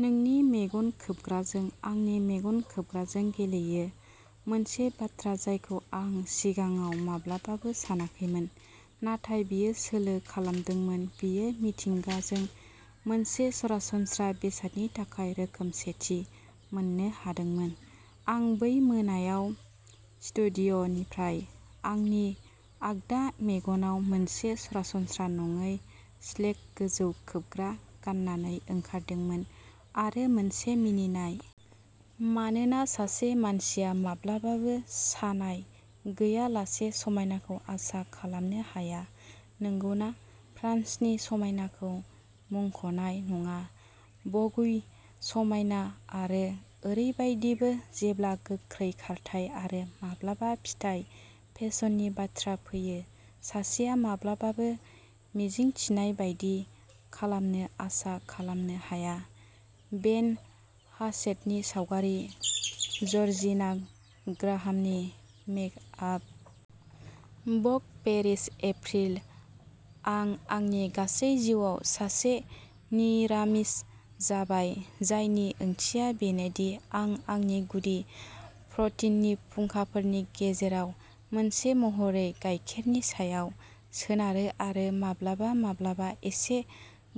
नोंनि मेगन खोबग्राजों। आंनि मेगन खोबग्राजों गेलेयो? मोनसे बाथ्रा जायखौ आं सिगाङाव माब्लाबाबो सानाखैमोन। नाथाय बेयो सोलो खालामदोंमोन-बेयो मिथिंगाजों मोनसे सरासनस्रा बेसादनि थाखाय रोखोमसेथि मोननो हादोंमोन। आं बै मोनायाव स्टुडिय'निफ्राय आंनि आगदा मेगनाव मोनसे सरासनस्रा नङै स्लेक गोजौ खोबग्रा गाननानै ओंखारदोंमोन आरो मोनसे मिनिनाय। मानोना, सासे मानसिया माब्लाबाबो सानाय गैयालासे समायनाखौ आसा खालामनो हाया, नंगौना? फ्रान्सनि समायनाखौ मुंख'नाय नङा भगुय समायना आरो, ओरैबायदिबो, जेब्ला गोख्रै खारथाय आरो माब्लाबा फिथाइ-फेसननि बाथ्रा फैयो, सासेया माब्लाबाबो मिजिंथिनाय बायदि खालामनो आसा खालामनो हाया। बेन हासेटनि सावगारि, जर्जिना ग्राहामनि मेकआप। Vogue Paris April. आं आंनि गासै जिउआव सासे निरामिस जाबाय। जायनि ओंथिया बेनो दि आं आंनि गुदि प्र'टिननि फुंखाफोरनि गेजेराव मोनसे महरै गायखेरनि सायाव सोनारो आरो माब्लाबा-माब्लाबा एसे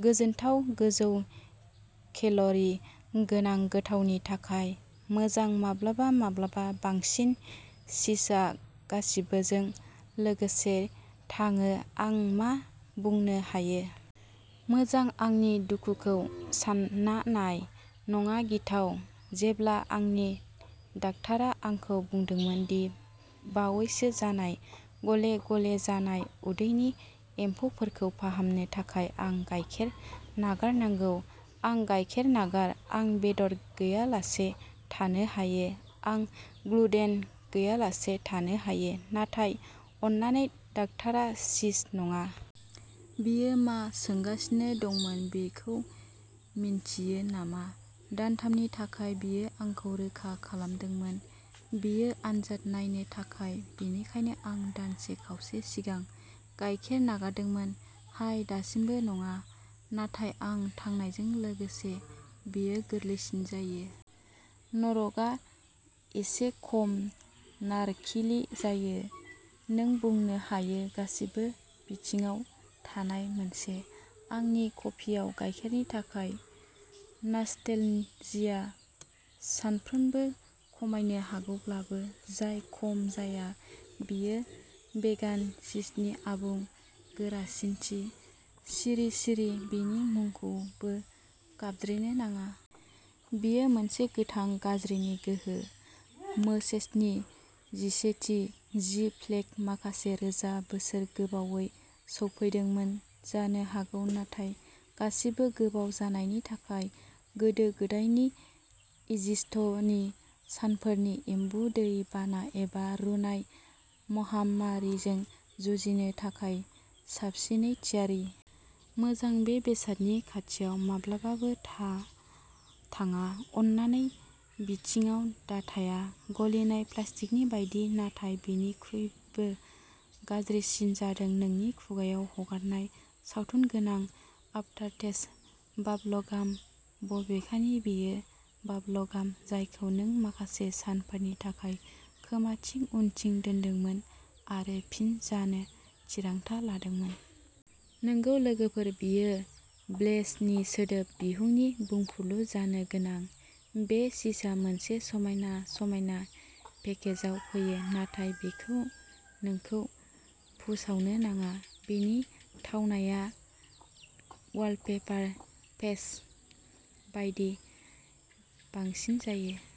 गोजोनथाव, गोजौ-केल'रि गोनां गोथावनि थाखाय। मोजां, माब्लाबा-माब्लाबा बांसिन चीजआ गासिबोजों लोगोसे थाङो, आं मा बुंनो हायो मोजां, आंनि दुखुखौ सानना नाय नङा, गिथाव-जेब्ला आंनि डाक्टारा आंखौ बुंदोंमोन दि बावैसो जानाय गले गले जानाय उदैनि एम्फौफोरखौ फाहामनो थाखाय आं गायखेर नागारनांगौ। आं, गायखेर नागार? आं बेदर गैयालासे थानो हायो आं ग्लुटेन गैयालासे थानो हायो नाथाय अन्नानै डाक्टारा, चीज नङा। बियो मा सोंगासिनो दंमोन बेखौ मिन्थियो नामा? दानथामनि थाखाय, बियो आंखौ रोखा खालामदोंमोन बेखौ आनजाद नायनो थाखाय। बेनिखायनो आं दानसे खावसे सिगां गायखेर नागारदोंमोन। हाय, दासिमबो नङा नाथाय आं थांनायजों लोगोसे बेयो गोरलैसिन जायो। नरकआ एसे खम नारकिलि जायो, नों बुंनो हायो-गासैबो बिथिङाव नाथाय मोनसे। आंनि कफिआव गायखेरनि थाखाय नास्टेलजिया सानफ्रोमबो खमायनो हागौब्लाबो, जाय खम जाया बेयो भेगान चिजनि आबुं गोरासिनथि। सिरि, सिरि बेनि मुंखौबो गाबज्रिनो नाङा। बेयो मोनसे गोथां गाज्रिनि गोहो, मोजेसनि जिसेथि। जि प्लेग-माखासे रोजा बोसोर गोबावै सौफैदोंमोन जानो हागौ, नाथाय गासिबो गोबाव जानायनि थाखाय गोदो गोदायनि इजिप्टनि सानफोरनि एम्बु दै बाना एबा रुनाय महामारिजों जुजिनो थाखाय साबसिनै थियारि। मोजां बे बेसादनि खाथियाव माब्लाबाबो थाङा, अन्नानै। गिबियाव, दाथाया गलिनाय प्लास्टिकनि बायदि नाथाय बेनिख्रुइबो गाज्रिसिन जादों नोंनि खुगाआव हगारनाय सावथुनगोनां आफटारटेस्ट बाबलगाम। बबेखानि, बेयो बाबलगाम जायखौ नों माखासे सानफोरनि थाखाय खोमानि उनथिं दोनदोंमोन आरो फिन जानो थिरांथा लादोंमोन। नंगौ, लोगोफोर, बेयो ब्लेच नि सोदोब बिहुंनि बुंफुरलु जानो गोनां बे चीजआ मोनसे समायना, समायना पेकेजाव फैयो नाथाय बेखौ नोंखौ फुसावनो नाङा। बेनि थावनाया वालपेपार पेस्ट बायदि बांसिन जायो।